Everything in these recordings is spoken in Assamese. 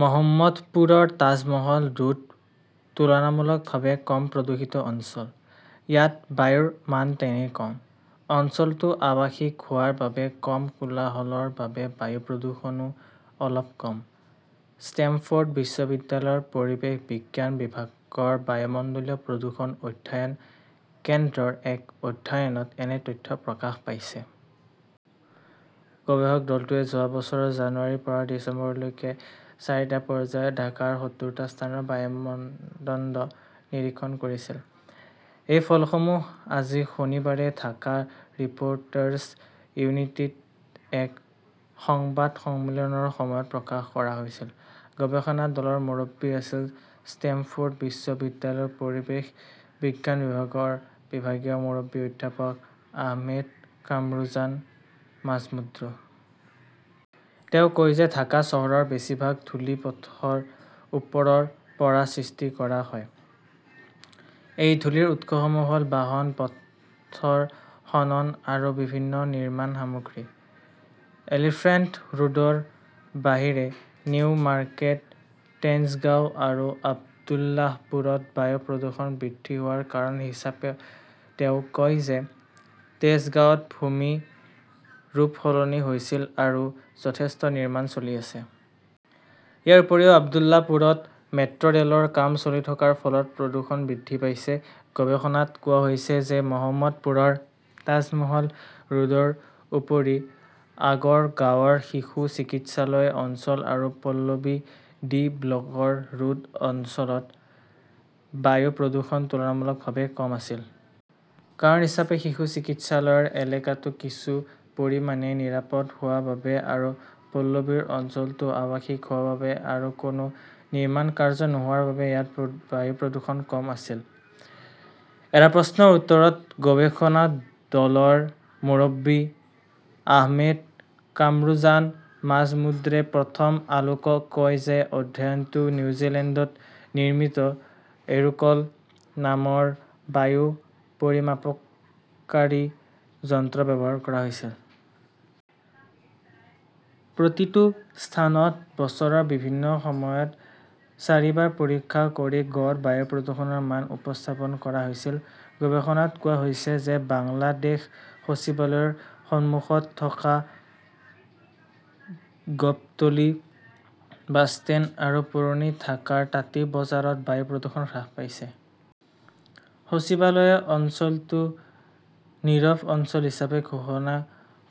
মহম্মদপুৰৰ তাজমহল ৰোড তুলনামূলকভাৱে কম প্ৰদূষিত অঞ্চল। ইয়াত বায়ুৰ মান তেনেই কম। অঞ্চলটো আৱাসিক খোৱাৰ বাবে, কম কোলাহলৰ বাবে বায়ু প্ৰদূষণও অলপ কম। ষ্টেমফৰ্ড বিশ্ববিদ্যালয়ৰ পৰিৱেশ বিজ্ঞান বিভাগৰ বায়ুমণ্ডলীয় প্ৰদূষণ অধ্যয়ন কেন্দ্ৰৰ এক অধ্যয়নত এনে তথ্য প্ৰকাশ পাইছে। গৱেষক দলটোৱে যোৱা বছৰৰ জানুৱাৰীৰ পৰা ডিচেম্বৰলৈকে চাৰিটা পৰ্যায়ত ঢাকাৰ সত্তৰটা স্থানৰ বায়ুৰ মানদণ্ড নিৰীক্ষণ কৰিছিল। এই ফলাফলসমূহ আজি শনিবাৰে ঢাকা ৰিপৰ্টাছ ইউনিটীত এক সংবাদ সন্মিলনৰ সময়ত প্ৰকাশ কৰা হৈছিল। গৱেষণা দলৰ মুৰব্বী আছিল ষ্টেমফৰ্ড বিশ্ববিদ্যালয়ৰ পৰিৱেশ বিজ্ঞান বিভাগৰ বিভাগীয় মুৰব্বী অধ্যাপক আহমেদ কামৰুজান মাজমুদ্ৰ। তেওঁ কয় যে ঢাকা চহৰৰ বেছিভাগ ধূলি পথৰ ওপৰৰ পৰা সৃষ্টি কৰা হয়। এই ধূলিৰ উৎসসমূহ হ'ল বাহন, পথৰ খনন আৰু বিভিন্ন নিৰ্মাণ সামগ্ৰী। এলিফেণ্ট ৰোডৰ বাহিৰে নিউ মাৰ্কেট, তেঞ্জগাও আৰু আব্দুল্লাহপুৰত বায়ু প্ৰদূষণ বৃদ্ধি হোৱাৰ কাৰণ হিচাপে তেওঁ কয় যে তেজগাঁৱত ভূমিৰ ৰূপ সলনি হৈছে আৰু যথেষ্ট নিৰ্মাণ চলি আছে। ইয়াৰ উপৰি আব্দুল্লাপুৰত মেট্ৰ'ৰেলৰ কাম চলি থকাৰ ফলত প্ৰদূষণ বৃদ্ধি পাইছে। গৱেষণাত কোৱা হৈছে যে মহম্মদপুৰৰ তাজমহল ৰোডৰ উপৰি আগৰগাঁৱৰ শিশু চিকিৎসালয় অঞ্চল আৰু পল্লবীৰ ডি ব্লকৰ ৰোড অঞ্চলত বায়ু প্ৰদূষণ তুলনামূলকভাৱে কম আছিল। কাৰণ হিচাপে, শিশু চিকিৎসালয়ৰ এলেকাটো কিছু পৰিমাণে নিৰাপদ হোৱাৰ বাবে আৰু পল্লবীৰ অঞ্চলটো আৱাসিক হোৱাৰ বাবে আৰু কোনো নিৰ্মাণ কাৰ্য নোহোৱাৰ বাবে ইয়াত বায়ু প্ৰদূষণ কম আছিল। এটা প্ৰশ্নৰ উত্তৰত গৱেষণা দলৰ মুৰব্বী আহমেদ কামৰুজান মজামুদ্ৰে প্ৰথম আলোকক কয় যে অধ্যয়নটোত নিউজিলেণ্ডত নিৰ্মিত "এৰোকল" নামৰ বায়ু পৰিমাপকাৰী যন্ত্ৰ ব্যৱহাৰ কৰা হৈছিল। প্ৰতিটো স্থানত বছৰৰ বিভিন্ন সময়ত চাৰিবাৰ পৰীক্ষা কৰি গড় বায়ু প্ৰদূষণৰ মান উপস্থাপন কৰা হৈছে। গৱেষণাত কোৱা হৈছে যে বাংলাদেশ সচিবালয়ৰ সন্মুখত থকা গাবটলি বাছষ্টেণ্ড আৰু পুৰণি ঢাকাৰ তাঁতী বজাৰত বায়ু প্ৰদূষণ হ্ৰাস পাইছে। সচিবালয়ে অঞ্চলটো নীৰৱ অঞ্চল হিচাপে ঘোষণা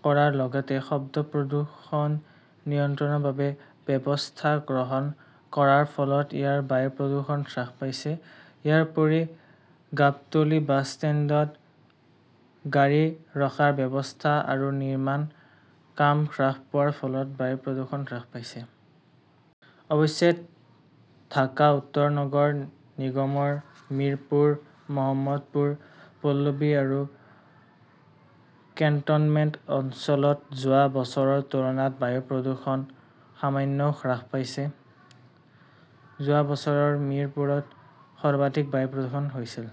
কৰাৰ লগতে শব্দ প্ৰদূষণ নিয়ন্ত্ৰণৰ বাবে ব্যৱস্থা গ্ৰহণ কৰাৰ ফলত ইয়াৰ বায়ু প্ৰদূষণ হ্ৰাস পাইছে। ইয়াৰ উপৰি গাবটলি বাছ ষ্টেণ্ডত গাড়ী ৰখাৰ ব্যৱস্থা আৰু নিৰ্মাণৰ কাম হ্ৰাস পোৱাৰ ফলত বায়ু প্ৰদূষণ হ্ৰাস পাইছে। অৱশ্যে, ঢাকা উত্তৰ নগৰ নিগমৰ মিৰপুৰ, মহম্মদপুৰ, পল্লবী আৰু কেণ্টনমেণ্ট অঞ্চলত যোৱা বছৰৰ তুলনাত বায়ু প্ৰদূষণ সামান্য হ্ৰাস পাইছে। যোৱা বছৰ মিৰপুৰত সৰ্বাধিক বায়ু প্ৰদূষণ হৈছিল।